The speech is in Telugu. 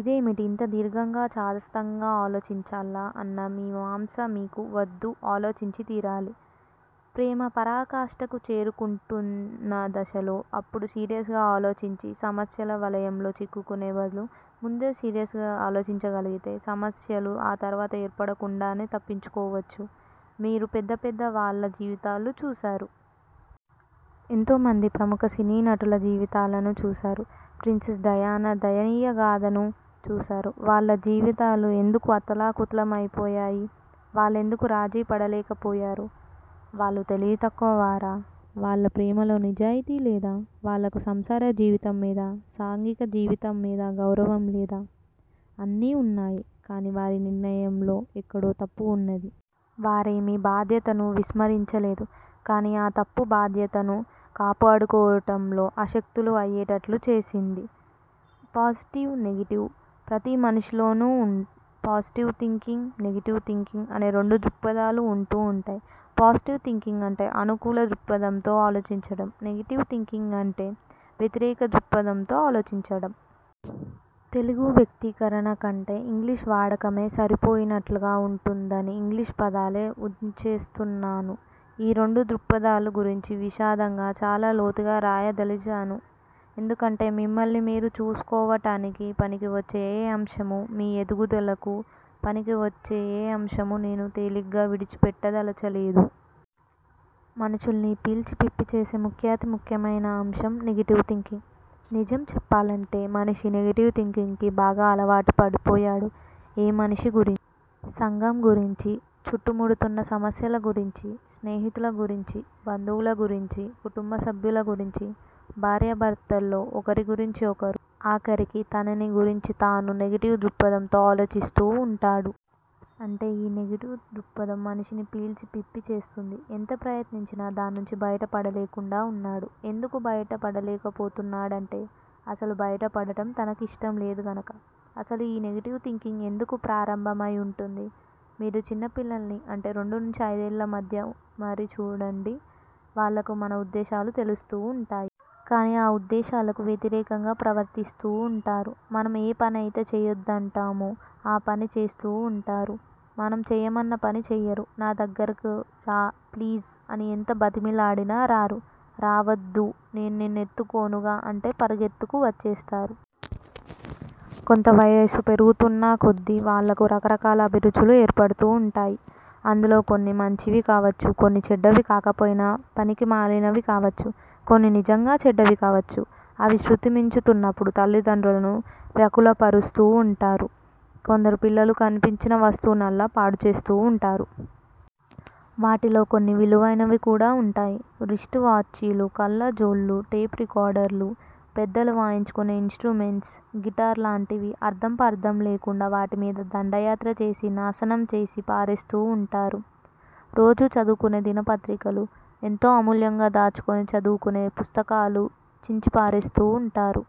ఇదేమిటి ఇంత దీర్ఘంగా, చాదస్తంగా ఆలోచించాలా అన్న మీమాంస మీకు వద్దు ఆలోచించితీరాలి! ప్రేమ పరాకాష్ఠకు చేరుకుంటున్న దశలో, అప్పుడు సీరియస్ గా ఆలోచించి సమస్యల వలయంలో చిక్కుకునే బదులు ముందే సీరియస్ గా ఆలోచించగలిగితే సమస్యలు ఆ తర్వాత ఏర్పడకుండానే తప్పించుకోవచ్చు. మీరు పెద్ద పెద్ద వాళ్ళ జీవితాలు చూశారు. ఎంతోమంది ప్రముఖ సినీనటుల జీవితాలను చూశారు. ప్రిన్సెస్ డయానా దయనీయగాథను చూశారు. వాళ్ళ జీవితాలు ఎందుకు అతలాకుతలమైపోయాయి? వాళ్ళెందుకు రాజీపడలేకపోయారు? వాళ్ళు తెలివితక్కువ వారా? వాళ్ళ ప్రేమలో నిజాయితీ లేదా? వాళ్ళకి సంసార జీవితమ్మీదా, సాంఘిక జీవితంమీదా గౌరవం లేదా? అన్నీ వున్నాయి. కాని వారి నిర్ణయంలో ఎక్కడో తప్పు వున్నది. వారేమీ బాధ్యతను విస్మరించలేదు. కాని ఆ తప్పు బాధ్యతను కాపాడుకోవటంలో అశక్తులు అయ్యేటట్లు చేసింది. పాజిటివ్, నెగెటివ్ ప్రతిమనిషిలోనూ పాజిటివ్ థింకింగ్, నెగెటివ్ థింకింగ్ అనే రెండు దృక్పథాలు వుంటూ వుంటాయి. పాజిటివ్ థింకింగ్ అంటే అనుకూల దృక్పథంతో ఆలోచించటం. నెగెటివ్ థింకింగ్ అంటే వ్యతిరేక దృక్పథంతో ఆలోచించటం. తెలుగు వ్యక్తీకరణ కంటే ఇంగ్లీషు వాడకమే సరిపోయినట్లుగా వుంటుందని ఇంగ్లీషు పదాలే వుంచేస్తున్నాను. ఈ రెండు దృక్పథాలు గురించీ విశదంగా, చాలా లోతుగా రాయదలిచాను. ఎందుకంటే మిమ్మల్ని మీరు చూసుకోవటానికి పనికివచ్చే ఏ అంశమూ, మీ ఎదుగుదలకు పనికివచ్చే ఏ అంశమూ నేను తేలిగ్గా విడిచిపెట్టదలచలేదు. మనుషుల్ని పీల్చి పిప్పి చేసే ముఖ్యాతి ముఖ్యమైన అంశం నెగెటివ్ థింకింగ్. నిజం చెప్పాలంటే మనిషి నెగెటివ్ థింకింగ్ కు అలవాటు పడిపోయాడు. ఏ మనిషి గురించీ సంఘం గురించీ చుట్టుముడుతున్న సమస్యలగురించీ, స్నేహితుల గురించీ, బంధువుల గురించీ, కుటుంబసభ్యుల గురించీ, భార్యాభర్తల్లో ఒకరి గురించి ఒకరూ, ఆఖరికి తనని గురించి తానూ నెగెటివ్ దృక్పథంతో ఆలోచిస్తూ వుంటాడు. అంటే ఈ నెగెటివ్ దృక్పథం మనిషిని పీల్చి పిప్పి చేస్తోంది. ఎంత ప్రయత్నించినా దాన్నుంచి బయట పడలేకుండా వున్నాడు. ఎందుకు బయట పడలేకపోతున్నాడంటే-అసలు బయటపడటం తనకిష్టంలేదు గనుక. అసలు ఈ నెగెటివ్ థింకింగ్ ఎందుకు ప్రారంభమై వుంటుంది? మీరు చిన్నపిల్లల్ని అంటే రెండునుంచి అయిదేళ్ళ మధ్య మరీ చూడండి వాళ్ళకి మన ఉద్దేశాలు తెలుస్తూ వుంటాయి. కాని ఆ ఉద్దేశాలకు వ్యతిరేకంగా ప్రవర్తిస్తూ వుంటారు. మనం ఏ పనైతే చేయొద్దంటామో ఆ పని చేస్తూ వుంటారు. మనం చేయమన్న పని చేయరు. నా దగ్గరకు రా, ప్లీజ్! అని ఎంత బతిమిలాడినా రారు. రావద్దు, నేను నిన్ను ఎత్తుకోనుగా? అంటే పరిగెత్తుకు వచ్చేస్తారు. కొంత వయసు పెరుగుతున్నకొద్దీ వాళ్ళకు రకరకాల అభిరుచులు ఏర్పడుతూ వుంటాయి. అందులో కొన్ని మంచివి కావచ్చు. కొన్ని చెడ్డవి కాకపోయినా పనికి మాలినవి కావచ్చు. కొన్ని నిజంగా చెడ్డవి కావచ్చు. అవి శ్రుతిమించుతున్నప్పుడు తల్లిదండ్రులను వ్యాకులపరుస్తూ వుంటారు. కొందరు పిల్లలు కనిపించిన వస్తువునల్లా పాడుచేస్తూ వుంటారు. వాటిలో కొన్ని విలువైనవి కూడా వుంటాయి. రిస్ట్ వాచీలు, కళ్ళజోళ్ళు, టేప్ రికార్డర్ లు, పెద్దలు వాయించుకునే ఇన్ స్ట్రుమెంట్స్, గిటార్ లాంటివి అర్ధంపర్ధం లేకుండా వాటిమీద దండయాత్ర చేసి నాశనం చేసి పారేస్తూ ఉంటారు. రోజూ చదువుకునే దినపత్రికలూ, ఎంతో అమూల్యంగా దాచుకుని చదువుకునే పుస్తకాలూ చించిపారేస్తూ వుంటారు.